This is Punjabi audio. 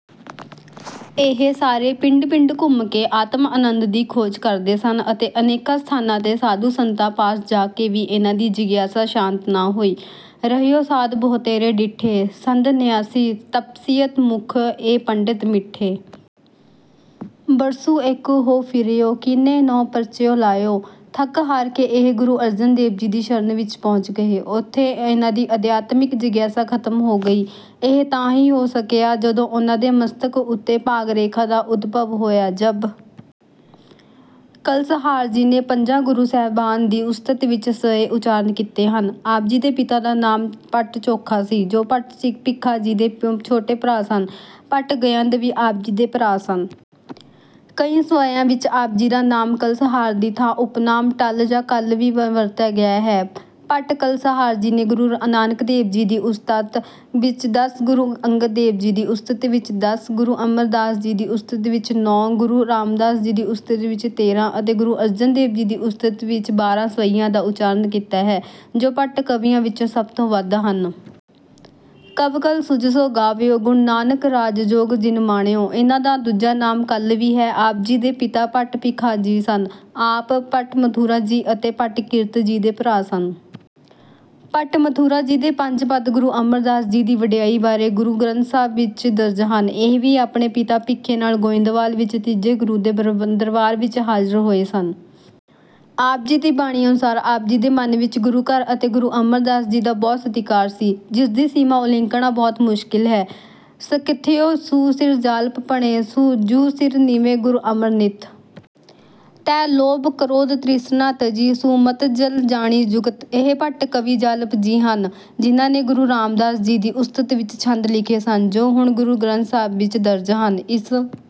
ਇਹ ਸਾਰੇ ਪਿੰਡ-ਪਿੰਡ ਘੁੰਮ ਕੇ ਆਤਮ-ਆਨੰਦ ਦੀ ਖੋਜ ਕਰਦੇ ਸਨ ਅਤੇ ਅਨੇਕਾਂ ਸਥਾਨਾਂ ’ਤੇ ਸਾਧੂ-ਸੰਤਾਂ ਪਾਸ ਜਾ ਕੇ ਵੀ ਇਹਨਾਂ ਦੀ ਜਿਗਿਆਸਾ ਸ਼ਾਂਤ ਨਾ ਹੋਈ। ਰਹਿਓ ਸਾਧ ਬਹੁਤੇਰੇ ਡਿਠੇ, ਸੰਧਨਿਆਸੀ ਤਪਸੀਅਤ ਮੁਖਹੁ ਏ ਪੰਡਿਤ ਮਿਠੇ। ਬਰਸੁ ਏਕੁ ਹਉ ਫਿਰਿਓ, ਕਿਨੈ ਨਹੁ ਪਰਚਉ ਲਾਯਉ। ਥੱਕ-ਹਾਰ ਕੇ ਇਹ ਗੁਰੂ ਅਰਜਨ ਦੇਵ ਜੀ ਦੀ ਸ਼ਰਨ ਵਿੱਚ ਪਹੁੰਚ ਗਏ। ਉੱਥੇ ਇਹਨਾਂ ਦੀ ਅਧਿਆਤਮਿਕ ਜਿਗਿਆਸਾ ਖ਼ਤਮ ਹੋ ਗਈ। ਇਹ ਤਾਂ ਹੀ ਹੋ ਸਕਿਆ, ਜਦੋਂ ਉਹਨਾਂ ਦੇ ਮਸਤਕ ਉੱਤੇ ਭਾਗ-ਰੇਖਾ ਦਾ ਉਦਭਵ ਹੋਇਆ। ਜਬ ਕਲਸਹਾਰ ਜੀ ਨੇ ਪੰਜਾਂ ਗੁਰੂ ਸਾਹਿਬਾਨ ਦੀ ਉਸਤਤ ਵਿੱਚ ਸਵੱਯੇ ਉਚਾਰਨ ਕੀਤੇ ਹਨ। ਆਪ ਜੀ ਦੇ ਪਿਤਾ ਦਾ ਨਾਮ ਭੱਟ ਚੋਖਾ ਸੀ, ਜੋ ਭੱਟ ਭੀਖਾ ਜੀ ਦੇ ਛੋਟੇ ਭਰਾ ਸਨ। ਭੱਟ ਗਯੰਦ ਵੀ ਆਪ ਜੀ ਦੇ ਭਰਾ ਸਨ। ਕਈ ਸਵੱਯਿਆਂ ਵਿੱਚ ਆਪ ਜੀ ਦਾ ਨਾਮ ਕਲਸਹਾਰ ਦੀ ਥਾਂ ਉਪਨਾਮ ‘ਟੱਲ’ ਜਾਂ ‘ਕਲ੍ਹ’ ਵੀ ਵਰਤਿਆ ਗਿਆ ਹੈ। ਭੱਟ ਕਲਸਹਾਰ ਜੀ ਨੇ ਗੁਰੂ ਨਾਨਕ ਦੇਵ ਜੀ ਦੀ ਉਸਤਤ ਵਿੱਚ ਦਸ, ਗੁਰੂ ਅੰਗਦ ਦੇਵ ਜੀ ਦੀ ਉਸਤਤ ਵਿੱਚ ਦਸ, ਗੁਰੂ ਅਮਰਦਾਸ ਜੀ ਦੀ ਉਸਤਤ ਵਿੱਚ ਨੌਂ, ਗੁਰੂ ਰਾਮਦਾਸ ਜੀ ਦੀ ਉਸਤਤ ਵਿੱਚ ਤੇਰ੍ਹਾਂ ਅਤੇ ਗੁਰੂ ਅਰਜਨ ਦੇਵ ਜੀ ਦੀ ਉਸਤਤ ਵਿੱਚ ਬਾਰ੍ਹਾਂ ਸਵੱਯਿਆਂ ਦਾ ਉਚਾਰਨ ਕੀਤਾ ਹੈ, ਜੋ ਭੱਟ ਕਵੀਆਂ ਵਿੱਚੋਂ ਸਭ ਤੋਂ ਵੱਧ ਹਨ। ‘ਕਵਿ ਕਲ ਸੁਜਸੁ ਗਾਵਉ ਗੁਰ ਨਾਨਕ ਰਾਜੁ ਜੋਗੁ ਜਿਨਿ ਮਾਣਿਓ।’ ਇਨ੍ਹਾਂ ਦਾ ਦੂਜਾ ਨਾਮ ‘ਕਲ੍ਹ’ ਵੀ ਹੈ। ਆਪ ਜੀ ਦੇ ਪਿਤਾ ਭੱਟ ਭਿਖਾ ਜੀ ਸਨ। ਆਪ ਭੱਟ ਮਥੁਰਾ ਜੀ ਅਤੇ ਭੱਟ ਕੀਰਤ ਜੀ ਦੇ ਭਰਾ ਸਨ। ਭੱਟ ਮਥੁਰਾ ਜੀ ਦੇ ਪੰਜ ਪਦ ਗੁਰੂ ਅਮਰਦਾਸ ਜੀ ਦੀ ਵਡਿਆਈ ਬਾਰੇ ਗੁਰੂ ਗ੍ਰੰਥ ਸਾਹਿਬ ਵਿੱਚ ਦਰਜ ਹਨ। ਇਹ ਵੀ ਆਪਣੇ ਪਿਤਾ ਭਿਖੇ ਨਾਲ ਗੋਇੰਦਵਾਲ ਵਿੱਚ ਤੀਜੇ ਗੁਰੂ ਦੇ ਦਰਬਾਰ ਵਿੱਚ ਹਾਜ਼ਰ ਹੋਏ ਸਨ। ਆਪ ਜੀ ਦੀ ਬਾਣੀ ਅਨੁਸਾਰ, ਆਪ ਜੀ ਦੇ ਮਨ ਵਿੱਚ ਗੁਰੂ-ਘਰ ਅਤੇ ਗੁਰੂ ਅਮਰਦਾਸ ਜੀ ਦਾ ਬਹੁਤ ਸਤਿਕਾਰ ਸੀ, ਜਿਸ ਦੀ ਸੀਮਾ ਉਲੀਕਣਾ ਬਹੁਤ ਮੁਸ਼ਕਿਲ ਹੈ। ਸਕਯਥੁ ਸੁ ਸਿਰੁ ਜਾਲਪੁ ਭਣੈ, ਜੁ ਸਿਰੁ ਨਿਵੈ ਗੁਰ ਅਮਰ ਨਿਤ। ਤੈ ਲੋਭੁ ਕ੍ਰੋਧੁ ਤ੍ਰਿਸਨਾ ਤਜੀ, ਸੁ ਮਤਿ ਜਲੁ ਜਾਣੀ ਜੁਗਤਿ। ਇਹ ਭੱਟ ਕਵੀ ਜਾਲਪ ਜੀ ਹਨ, ਜਿਨ੍ਹਾਂ ਨੇ ਗੁਰੂ ਰਾਮਦਾਸ ਜੀ ਦੀ ਉਸਤਤ ਵਿੱਚ ਛੰਦ ਲਿਖੇ ਸਨ, ਜੋ ਹੁਣ ਗੁਰੂ ਗ੍ਰੰਥ ਸਾਹਿਬ ਵਿੱਚ ਦਰਜ ਹਨ। ਇਸ